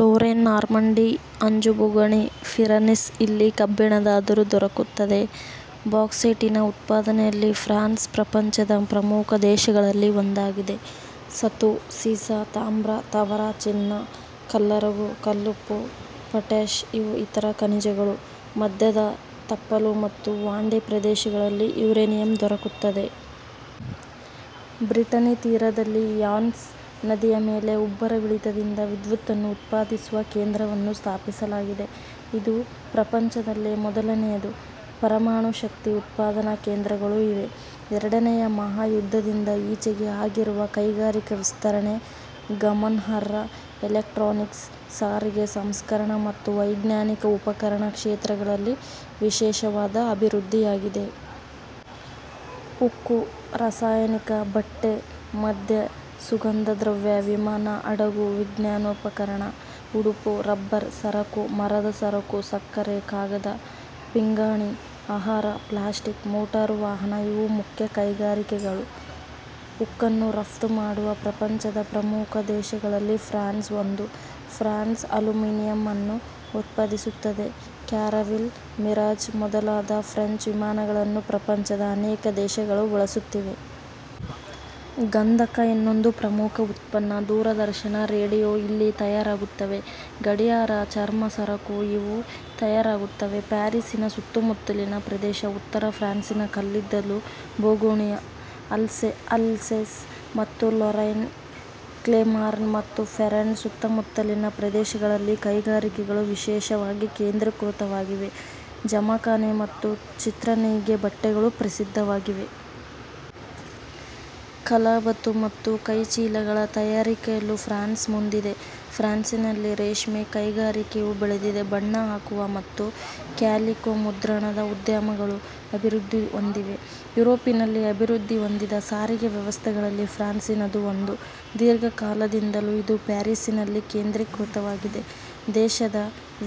Lorraine, Normandy, Anjou ಬೋಗುಣಿ, Pyrenees ಇಲ್ಲಿ ಕಬ್ಬಿಣದ ಅದುರು ದೊರಕುತ್ತದೆ. ಬಾಕ್ಸೈಟಿನ ಉತ್ಪಾದನೆಯಲ್ಲಿ ಫ್ರಾನ್ಸ್ ಪ್ರಪಂಚದ ಪ್ರಮುಖ ದೇಶಗಳಲ್ಲಿ ಒಂದಾಗಿದೆ. ಸತು, ಸೀಸ, ತಾಮ್ರ, ತವರ, ಚಿನ್ನ, ಕಲ್ಲರಗು, ಕಲ್ಲುಪ್ಪು, ಪೊಟ್ಯಾಷ್ ಇವು ಇತರ ಖನಿಜಗಳು. ಮಧ್ಯದ ತಪ್ಪಲು ಮತ್ತು ವಾಂಡೇ ಪ್ರದೇಶಗಳಲ್ಲಿ ಯುರೇನಿಯಮ್ ದೊರಕುತ್ತದೆ. ಬ್ರಿಟನಿ ತೀರದಲ್ಲಿ ರ್ಯಾನ್ಸ್ ನದಿಯ ಮೇಲೆ ಉಬ್ಬರವಿಳಿತದಿಂದ ವಿದ್ಯುತ್ತನ್ನು ಉತ್ಪಾದಿಸುವ ಕೇಂದ್ರವನ್ನು ಸ್ಥಾಪಿಸಲಾಗಿದೆ. ಇದು ಪ್ರಪಂಚದಲ್ಲೇ ಮೊದಲನೆಯದು. ಪರಮಾಣುಶಕ್ತಿ ಉತ್ಪಾದನ ಕೇಂದ್ರಗಳೂ ಇವೆ. ಎರಡನೆಯ ಮಹಾ ಯುದ್ಧದಿಂದ ಈಚೆಗೆ ಆಗಿರುವ ಕೈಗಾರಿಕಾ ವಿಸ್ತರಣೆ ಗರ್ಮನಾರ್ಹ. ಎಲೆಕ್ಟ್ರಾನಿಕ್ಸ್, ಸಾರಿಗೆ, ಸಂಸ್ಕರಣ ಮತ್ತು ವೈಜ್ಞಾನಿಕ ಉಪಕರಣ ಕ್ಷೇತ್ರಗಳಲ್ಲಿ ವಿಶೇಷವಾದ ಅಭಿವೃದ್ಧಿಯಾಗಿದೆ. ಉಕ್ಕು, ರಸಾಯನಿಕ, ಬಟ್ಟೆ, ಮದ್ಯ ಸುಗಂಧದ್ರವ್ಯ, ವಿಮಾನ, ಹಡಗು, ವಿಜ್ಞಾನೋಪಕರಣ, ಉಡುಪು, ರಬ್ಬರ್ ಸರಕು, ಮರದ ಸರಕು, ಸಕ್ಕರೆ, ಕಾಗದ ಪಿಂಗಾಣಿ, ಆಹಾರ, ಪ್ಲಾಸ್ಟಿಕ್, ಮೋಟಾರುವಾಹನ ಇವು ಮುಖ್ಯ ಕೈಗಾರಿಕೆಗಳು. ಉಕ್ಕನ್ನು ರಫ್ತುಮಾಡುವ ಪ್ರಪಂಚದ ಪ್ರಮುಖ ದೇಶಗಳಲ್ಲಿ ಫ್ರಾನ್ಸ್ ಒಂದು. ಫ್ರಾನ್ಸ್ ಅಲ್ಯೂಮಿನಿಯಮನ್ನೂ ಉತ್ಪಾದಿಸುತ್ತಿದೆ. ಕ್ಯಾರವಿಲ್, ಮಿರಾಜ್ ಮೊದಲಾದ ಫ್ರೆಂಚ್ ವಿಮಾನಗಳನ್ನು ಪ್ರಪಂಚದ ಅನೇಕ ದೇಶಗಳು ಬಳಸುತ್ತಿವೆ. ಗಂಧಕ ಇನ್ನೊಂದು ಪ್ರಮುಖ ಉತ್ಪನ್ನ. ದೂರದರ್ಶನ, ರೇಡಿಯೋ ಇಲ್ಲಿ ತಯಾರಾಗುತ್ತವೆ. ಗಡಿಯಾರ, ಚರ್ಮ ಸರಕು ಇವೂ ತಯಾರಾಗುತ್ತವೆ. ಪ್ಯಾರಿಸಿನ ಸುತ್ತುಮುತ್ತಲಿನ ಪ್ರದೇಶ, ಉತ್ತರ ಫ್ರಾನ್ಸಿನ ಕಲ್ಲಿದ್ದಲು ಬೋಗುಣಿ ಆಲ್ಸೇಸ್ ಮತ್ತು ಲೊರೈನ್, ಕ್ಲೆರ್ಮಾನ್ ಮತ್ತು ಫೆರಾಂಡ್ ಸುತ್ತಮುತ್ತಲಿನ ಪ್ರದೇಶಗಳಲ್ಲಿ ಕೈಗಾರಿಕೆಗಳು ವಿಶೇಷವಾಗಿ ಕೇಂದ್ರೀಕೃತವಾಗಿವೆ. ಜಮಖಾನೆ ಮತ್ತು ಚಿತ್ರನೇಯ್ಗೆ ಬಟ್ಟೆಗಳೂ ಪ್ರಸಿದ್ಧವಾಗಿವೆ. ಕಲಾಬತು ಮತ್ತು ಕೈಚೀಲಗಳ ತಯಾರಿಕೆಯಲ್ಲೂ ಫ್ರಾನ್ಸ್ ಮುಂದಿದೆ. ಫ್ರಾನ್ಸಿನಲ್ಲಿ ರೇಷ್ಮೆ ಕೈಗಾರಿಕೆಯೂ ಬೆಳೆದಿದೆ. ಬಣ್ಣ ಹಾಕುವ ಮತ್ತು ಕ್ಯಾಲಿಕೊ ಮುದ್ರಣದ ಉದ್ಯಮಗಳು ಅಭಿವೃದ್ಧಿಹೊಂದಿವೆ. ಯುರೋಪಿನಲ್ಲಿ ಅಭಿವೃದ್ಧಿ ಹೊಂದಿದ ಸಾರಿಗೆ ವ್ಯವಸ್ಥೆಗಳಲ್ಲಿ ಫ್ರಾನ್ಸಿನದೂ ಒಂದು. ದೀರ್ಘಕಾಲದಿಂದಲೂ ಇದು ಫ್ಯಾರಿಸಿನಲ್ಲಿ ಕೇಂದ್ರೀಕೃತವಾಗಿದೆ. ದೇಶದ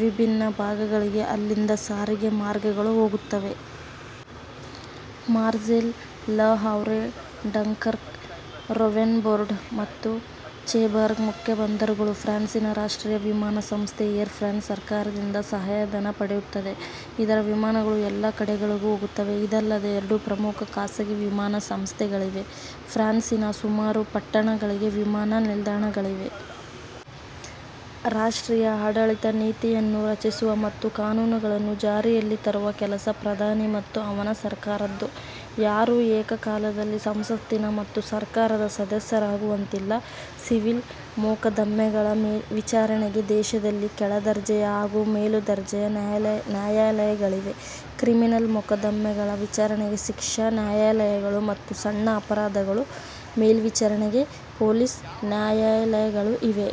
ವಿಭಿನ್ನ ಭಾಗಗಳಿಗೆ ಅಲ್ಲಿಂದ ಸಾರಿಗೆ ಮಾರ್ಗಗಳು ಹೋಗುತ್ತವೆ. ಮಾರ್ಸೇಲ್, ಲ ಹಾವ್ರೆ ಡಂಕರ್ಕ್, ರೂವೆನ್ಬೋರ್ಡೋ ಮತ್ತು ಚೆರ್ಬಗ್ ಮುಖ್ಯ ಬಂದರುಗಳು. ಫ್ರಾನ್ಸಿನ ರಾಷ್ಟ್ರೀಯ ವಿಮಾನ ಸಂಸ್ಥೆ ಏರ್ ಫ್ರಾನ್ಸ್ ಸರ್ಕಾರದಿಂದ ಸಹಾಯಧನ ಪಡೆಯುತ್ತದೆ. ಇದರ ವಿಮಾನಗಳು ಎಲ್ಲ ಕಡೆಗಳಿಗೂ ಹೋಗುತ್ತವೆ. ಇದಲ್ಲದೆ ಎರಡು ಪ್ರಮುಖ ಖಾಸಗಿ ವಿಮಾನ ಸಂಸ್ಥೆಗಳಿವೆ. ಫ್ರಾನ್ಸಿನ ಸುಮಾರು ಪಟ್ಟಣಗಳಿಗೆ ವಿಮಾನ ನಿಲ್ದಾಣಗಳಿವೆ. ರಾಪ್ಟ್ರೀಯ ಆಡಳಿತ ನೀತಿಯನ್ನು ರಚಿಸುವ ಮತ್ತು ಕಾನೂನುಗಳನ್ನು ಜಾರಿಯಲ್ಲಿ ತರುವ ಕೆಲಸ ಪ್ರಧಾನಿ ಮತ್ತು ಅವನ ಸರ್ಕಾರದ್ದು. ಯಾರು ಏಕ ಕಾಲದಲ್ಲಿ ಸಂಸತ್ತಿನ ಮತ್ತು ಸರ್ಕಾರದ ಸದಸ್ಯರಾಗುವಂತಿಲ್ಲ. ಸಿವಿಲ್ ಮೊಕದ್ದಮೆಗಳ ವಿಚಾರಣೆಗೆ ದೇಶದಲ್ಲಿ ಕೆಳದರ್ಜೆಯ ಹಾಗೂ ಮೇಲುದರ್ಜೆಯ ನ್ಯಾಯಾಲಯಗಳಿವೆ. ಕ್ರಿಮಿನಲ್ ಮೊಕದ್ದಮೆಗಳ ವಿಚಾರಣೆಗೆ ಶಿಕ್ಷಾ ನ್ಯಾಯಾಲಯಗಳು ಮತ್ತು ಸಣ್ಣ ಅಪರಾಧಗಳ ವಿಚಾರಣೆಗೆ ಪೊಲೀಸ್ ನ್ಯಾಯಾಲಯಗಳು ಇವೆ.